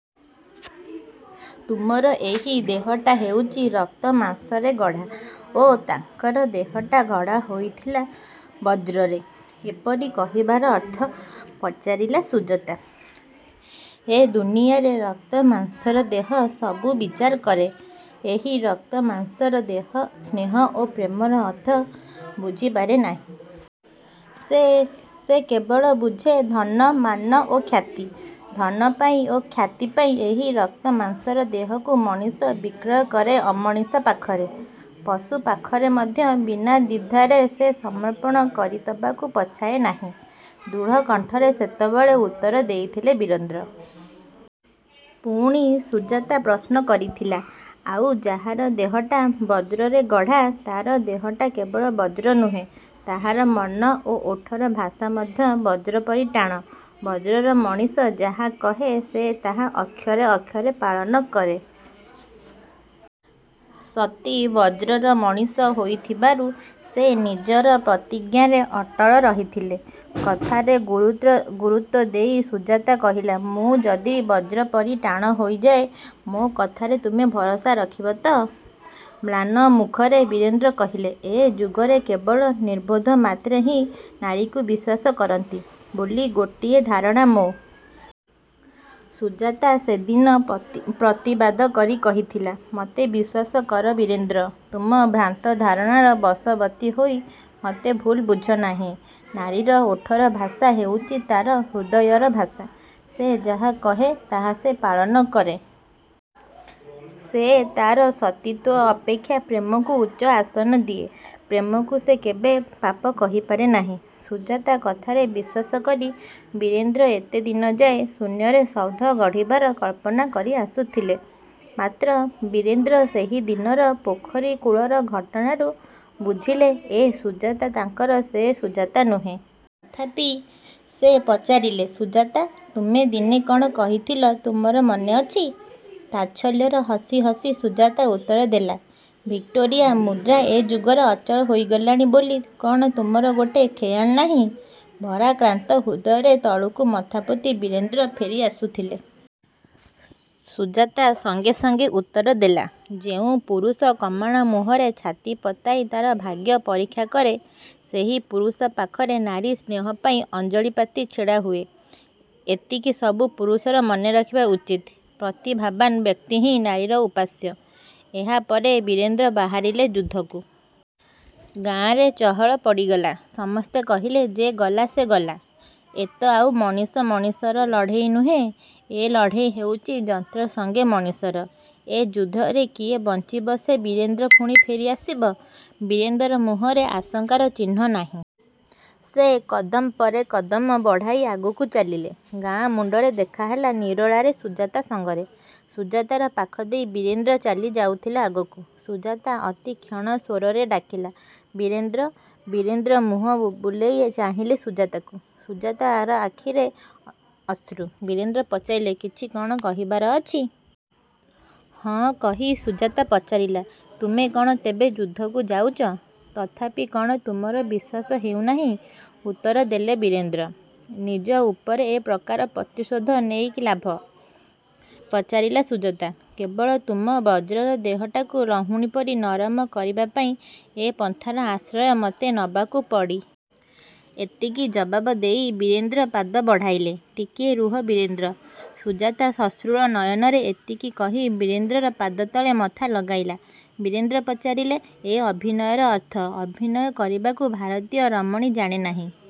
ତୁମର ଏହି ଦେହଟା ହେଉଛି ରକ୍ତମାଂସରେ ଗଢ଼ା ଓ ତାଙ୍କର ଦେହଟା ଗଢ଼ା ହୋଇଥିଲା ବଜ୍ରରେ। '' ଏପରି କହିବାର ଅର୍ଥ? ପଚାରିଲା ସୁଜାତା। ''ଏ ଦୁନିଆରେ ରକ୍ତମାଂସର ଦେହ ସବୁ ବିଚାର କରେ। ଏହି ରକ୍ତମାଂସର ଦେହ, ସ୍ନେହ ଓ ପ୍ରେମର ଅର୍ଥ ବୁଝିପାରେ ନାହିଁ। ସେ କେବଳ ବୁଝେ ଧନ, ମାନ ଓ ଖ୍ୟାତି। ଧନ ପାଇଁ, ଖ୍ୟାତି ପାଇଁ, ଏହି ରକ୍ତମାଂସର ଦେହକୁ ମଣିଷ ବିକ୍ରୟ କରେ ଅମଣିଷ ପାଖରେ। ପଶୁ ପାଖରେ ମଧ୍ୟ ବିନା ଦ୍ୱିଧାରେ ସେ ସମର୍ପଣ କରିଦେବାକୁ ପଛାଏ ନାହିଁ। '' ଦୃଢ଼କଣ୍ଠରେ ସେତେବେଳେ ଉତ୍ତର ଦେଇଥିଲେ ବୀରେନ୍ଦ୍ର। ପୁଣି ସୁଜାତା ପ୍ରଶ୍ନ କରିଥିଲା, ''ଆଉ ଯାହାର ଦେହଟା ବ୍ରଜରେ ଗଢ଼ା? '' ''ତାହାର ଦେହଟା କେବଳ ବଜ୍ର ନୁହେଁ, ତାହାର ମନ ଓ ଓଠର ଭାଷା ମଧ୍ୟ ବଜ୍ର ପରି ଟାଣ। ବଜ୍ରର ମଣିଷ ଯାହା କହେ, ସେ ତାହା ଅକ୍ଷରେ ଅକ୍ଷରେ ପାଳନ କରେ। ସତୀ ବଜ୍ରର ମଣିଷ ହୋଇଥିବାରୁ ସେ ନିଜର ପ୍ରତିଜ୍ଞାରେ ଅଟଳ ରହିଥିଲେ। '' କଥାରେ ଗୁରୁତ୍ୱ ଦେଇ ସୁଜାତା କହିଲା, ''ମୁଁ ଯଦି ବଜ୍ରପରି ଟାଣ ହୋଇଯାଏ, ମୋ କଥାରେ ତୁମେ ଭରସା ରଖିବ ତ? '' ମ୍ଳାନ ମୁଖରେ ବୀରେନ୍ଦ୍ର କହିଲେ, ''ଏ ଯୁଗରେ କେବଳ ନିର୍ବୋଧ ମାତ୍ରେ ହିଁ ନାରୀକୁ ବିଶ୍ୱାସ କରନ୍ତି ବୋଲି ଗୋଟିଏ ଧାରଣା ମୋର ମନ ମଧ୍ୟରେ ଜାଗ୍ରତ ହେଉଛି ସୁଜାତା। '' ସୁଜାତା ସେ ଦିନ ପ୍ରତିବାଦ କରି କହିଥିଲା, ''ମୋତେ ବିଶ୍ୱାସ କର ବୀରେନ୍ଦ୍ର! ତୁମେ ଭ୍ରାନ୍ତ ଧାରଣାର ବଶବର୍ତ୍ତୀ ହୋଇ ମୋତେ ଭୁଲ ବୁଝନାହିଁ। ନାରୀର ଓଠର ଭାଷା ହେଉଛି ତା'ର ହୃଦୟର ଭାଷା।। ସେ ଯାହା କହେ ତାହା ସେ ପାଳନ କରେ। ସେ ତା'ର ସତୀତ୍ୱ ଅପେକ୍ଷା ପ୍ରେମକୁ ଉଚ୍ଚ ଆସନ ଦିଏ। ପ୍ରେମକୁ ସେ କେବେ ପାପ କହିପାରେ ନାହିଁ। '' ସୁଜାତା କଥାରେ ବିଶ୍ୱାସ କରି ବୀରେନ୍ଦ୍ର ଏତେ ଦିନଯାଏ ଶୂନ୍ୟରେ ସୌଧ ଗଢ଼ିବାର କଳ୍ପନା କରିଆସୁଥିଲେ। ମାତ୍ର ବୀରେନ୍ଦ୍ର ସେହିଦିନର ପୋଖରୀ କୂଳର ଘଟଣାରୁ ବୁଝିଲେ ଏ ସୁଜାତା ତାଙ୍କର ସେ ସୁଜାତା ନୁହେଁ। ତଥାପି ସେ ପଚାରିଲେ ''ସୁଜାତା! ତୁମେ ଦିନେ କ'ଣ କହିଥିଲ ତାହା ତୁମର ମନେଅଛି? '' ତାଚ୍ଛଲ୍ୟର ହସି ହସି ସୁଜାତା ଉତ୍ତରଦେଲା, 'ଭିକ୍ଟୋରିଆ ମୁଦ୍ରା ଏ ଯୁଗରେ ଅଚଳ ହୋଇଗଲାଣି ବୋଲି କ'ଣ ତୁମର ମୋଟେ ଖେୟାଲ ନାହିଁ। ' ଭାରାକ୍ରାନ୍ତ ହୃଦୟରେ ତଳକୁ ମଥାପୋତି ବୀରେନ୍ଦ୍ର ଫେରିଆସୁଥିଲେ। ସୁଜାତା ସଙ୍ଗେ ସଙ୍ଗେ ଉତ୍ତରଦେଲା, ''ଯେଉଁ ପୁରୁଷ କମାଣ ମୁହଁରେ ଛାତି ପତାଇ ତା'ର ଭାଗ୍ୟ ପରୀକ୍ଷା କରେ ସେହି ପୁରୁଷ ପାଖରେ ନାରୀ ସ୍ନେହ ପାଇଁ ଅଞ୍ଜଳି ପାତି ଛିଡ଼ାହୁଏ। ଏତିକି ସବୁ ପୁରୁଷର ମନେରଖିବା ଉଚିତ। ପ୍ରତିଭାବାନ୍ ବ୍ୟକ୍ତିହିଁ ନାରୀର ଉପାସ୍ୟ। '' ଏହା ପରେ ପରେ ବୀରେନ୍ଦ୍ର ବାହାରିଲେ ଯୁଦ୍ଧକୁ। ଗାଁରେ ଚହଳ ପଡ଼ିଗଲା। ସମସ୍ତେ କହିଲେ ଯେ ଗଲା ସେ ଗଲା। ଏ ତ ଆଉ ମଣିଷ ମଣିଷର ଲଢ଼େଇ ନୁହେଁ। ଏ ଲଢ଼େଇ ହେଉଛି ଯନ୍ତ୍ର ସଙ୍ଗେ ମଣିଷର। ଏ ଯୁଦ୍ଧରେ କିଏ ବଞ୍ଚିବ ଯେ ବୀରେନ୍ଦ୍ର ପୁଣି ଫେରିଆସିବ? ବୀରେନ୍ଦ୍ରର ମୁହଁରେ ଆଶଙ୍କାର ଚିହ୍ନ ନାହିଁ। ସେ କଦମ ପରେ କଦମ ବଢ଼ାଇ ଆଗେଇ ଚାଲିଲେ। ଗାଁ ମୁଣ୍ଡରେ ଦେଖାହେଲା ନିରୋଳାରେ ସୁଜାତା ସଙ୍ଗରେ। ସୁଜାତାର ପାଖଦେଇ ବୀରେନ୍ଦ୍ର ଚାଲିଯାଉଥିଲେ ଆଗକୁ। ସୁଜାତା ଅତିକ୍ଷୀଣ ସ୍ୱରରେ ଡାକିଲା ''ବୀରେନ୍ଦ୍ର! '' ବୀରେନ୍ଦ୍ର ମୁହଁ ବୁଲାଇ ଚାହିଁଲେ ସୁଜାତାକୁ। ସୁଜାତାର ଆଖିରେ ଅଶ୍ରୁ। ବୀରେନ୍ଦ୍ର ପଚାରିଲେ, ''କିଛି କ'ଣ କହିବାର ଅଛି? '' 'ହଁ' କହି ସୁଜାତା ପଚାରିଲା, ''ତୁମେ କ'ଣ ତେବେ ଯୁଦ୍ଧକୁ ଯାଉଛ? '' ''ତଥାପି କ'ଣ ତୁମର ବିଶ୍ୱାସ ହେଉନାହିଁ? '' ଉତ୍ତରଦେଲେ ବୀରେନ୍ଦ୍ର। ''ନିଜ ଉପରେ ଏ ପ୍ରକାର ପ୍ରତିଶୋଧ ନେଇ ଲାଭ? '' ପଚାରିଲା ସୁଜାତା। ''କେବଳ ତମର ବଜ୍ରର ଦେହଟାକୁ ଲହୁଣୀ ପରି ନରମ କରିବା ପାଇଁ ଏ ପନ୍ଥାର ଆଶ୍ରୟ ମୋତେ ନେବାକୁ ପଡ଼ିଲା। '' ଏତିକି ଜବାବ୍ ଦେଇ ବୀରେନ୍ଦ୍ର ପାଦ ବଢ଼ାଇଲେ। ''ଟିକିଏ ରୁହ ବୀରେନ୍ଦ୍ର! '' ସୁଜାତା ସଶ୍ରୁଳ ନୟନରେ ଏତିକି କହି ବୀରେନ୍ଦ୍ରର ପାଦତଳେ ମଥା ଲଗାଇଲା। ବୀରେନ୍ଦ୍ର ପଚାରିଲେ, ''ଏ ଅଭିନୟର ଅର୍ଥ? ଅଭିନୟ କରିବାକୁ ଭାରତୀୟ ରମଣୀ ଜାଣେନାହିଁ।